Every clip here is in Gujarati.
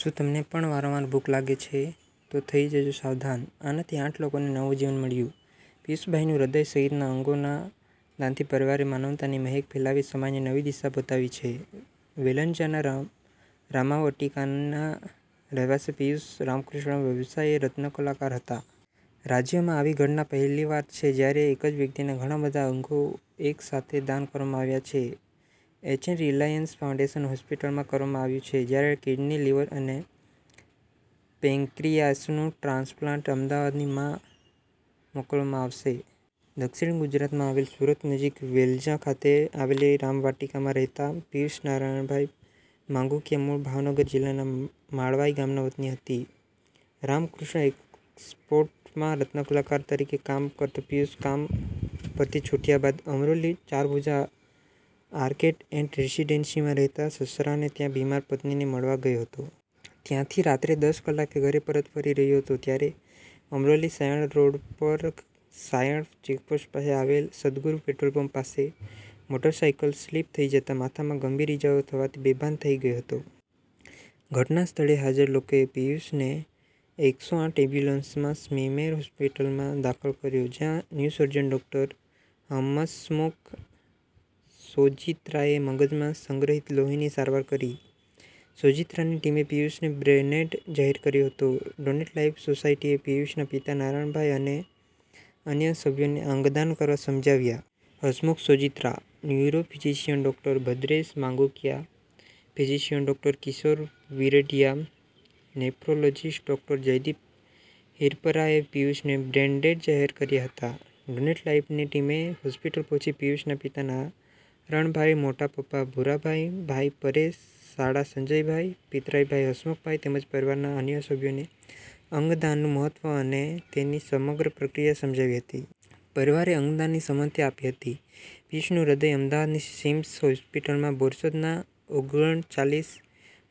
શું તમને પણ વારંવાર ભૂખ લાગે છે તો થઈ જજો સાવધાન! આનાથી આઠ લોકોને નવું જીવન મળ્યું. પીયુષભાઈનું હ્રદય સહિતના અંગોના દાનથી પરિવારે માનવતાની મહેક ફેલાવી સમાજને નવી દિશા બતાવી છે. વેલંજાના રામાવટિકાના રહેવાસી પીયૂષ રામકૃષ્ણ વ્યવસાયે રત્નકલાકાર હતા. રાજ્યમાં આવી ઘટના પહેલીવાર છે જ્યારે એક જ વ્યક્તિના ઘણા બધા અંગો એક સાથે દાન કરવામાં આવ્યા છે. એચ. એન. રિલાયન્સ ફાઉન્ડેશન હોસ્પીટલમાં કરવામાં આવ્યું છે. જ્યારે કિડની, લિવર અને પેન્ક્રીયાસનું ટ્રાન્સપ્લાન્ટ અમદાવાદની માં મોકલવામાં આવશે. દક્ષીણ ગુજરાતમાં આવેલ સુરત નજીક વેલંજા ખાતે આવેલી રામવાટીકામાં રહેતા પીયુષ નારાયણભાઈ માંગુકીયા મૂળ ભાવનગર જિલ્લાના માળવાય ગામના વતની હતી. રામકૃષ્ણ એક્ષ્પોર્ટમાં રત્નકલાકાર તરીકે કામ કરતો પીયુષ કામ પરથી છુટ્યા બાદ અમરોલી ચારભુજા આર્કેડ એન્ડ રેસીડેન્સીમાં રહેતા સસરાને ત્યાં બીમાર પત્નીને મળવા ગયો હતો. ત્યાંથી રાત્રે દસ કલાકે ઘરે પરત ફરી રહ્યો હતો ત્યારે અમરોલી સાયણ રોડ પર સાયણ ચેકપોસ્ટ પાસે આવેલ સદગુરુ પેટ્રોલપંપ પાસે મોટરસાયકલ સ્લીપ થઇ જતા માથામાં ગંભીર ઈજાઓ થવાથી બેભાન થઇ ગયો હતો. ઘટના સ્થળે હાજર લોકોએ પિયુષને એકસો આઠ એમ્બ્યુલન્સમાં સ્મીમેર હોસ્પિટલમાં દાખલ કર્યો. જ્યાં ન્યુસર્જન ડૉક્ટર હમસમુખ સોજીત્રાએ મગજમાં સંગ્રહિત લોહીની સારવાર કરી. સોજીત્રાની ટીમે પિયુષને બ્રેનેડ જાહેર કર્યો હતો. ડોનેટ લાઇફ સોસાયટીએ પિયુષના પિતા નારાયણભાઇ અને અન્ય સભ્યોને અંગદાન કરવા સમજાવ્યા. Hasmukh Sojitra, neurophysician doctor Bhadresh Mangukiya, physician doctor Kishor Viradiya, nephrologist doctor Jaydeep હીરપરાએ પીયુષને બ્રેનડેડ જાહેર કર્યા હતા. ડોનેટ લાઈફની ટીમે હોસ્પિટલ પહોંચી પીયુષના પિતા નારણભાઈ, મોટા પપ્પા ભુરાભાઈ, ભાઈ પરેશ, સાળા સંજયભાઈ, પિતરાઈ ભાઈ હસમુખભાઈ તેમજ પરિવારના અન્ય સભ્યોને અંગદાનનું મહત્વ અને તેની સમગ્ર પ્રક્રિયા સમજાવી હતી. પરિવારે અંગદાનની સંમતિ આપી હતી. પીયુષનું હૃદય અમદાવાદની સિમ્સ હોસ્પિટલમાં બોરસદ ના ઓગણચાલીસ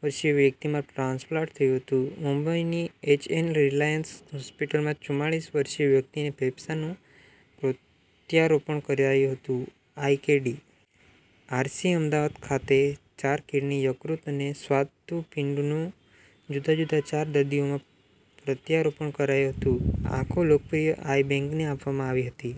વર્ષીય વ્યક્તિમાં ટ્રાન્સપ્લાન્ટ થયું હતું. મુંબઇની એચ. એન. રિલાયન્સ હોસ્પિટલમાં ચૂમાળીસ વર્ષીય વ્યક્તિને ફેફસાંનું પ્રત્યારોપણ કરાયું હતું. I. K. D. R. C., Ahmedabad ખાતે ચાર કિડની, યકૃત અને સ્વાદુપિંડનું જુદા જુદા ચાર દર્દીઓમાં પ્રત્યારોપણ કરાયું હતું. આંખો લોકપ્રિય આઇ બેંકને આપવામાં આવી હતી.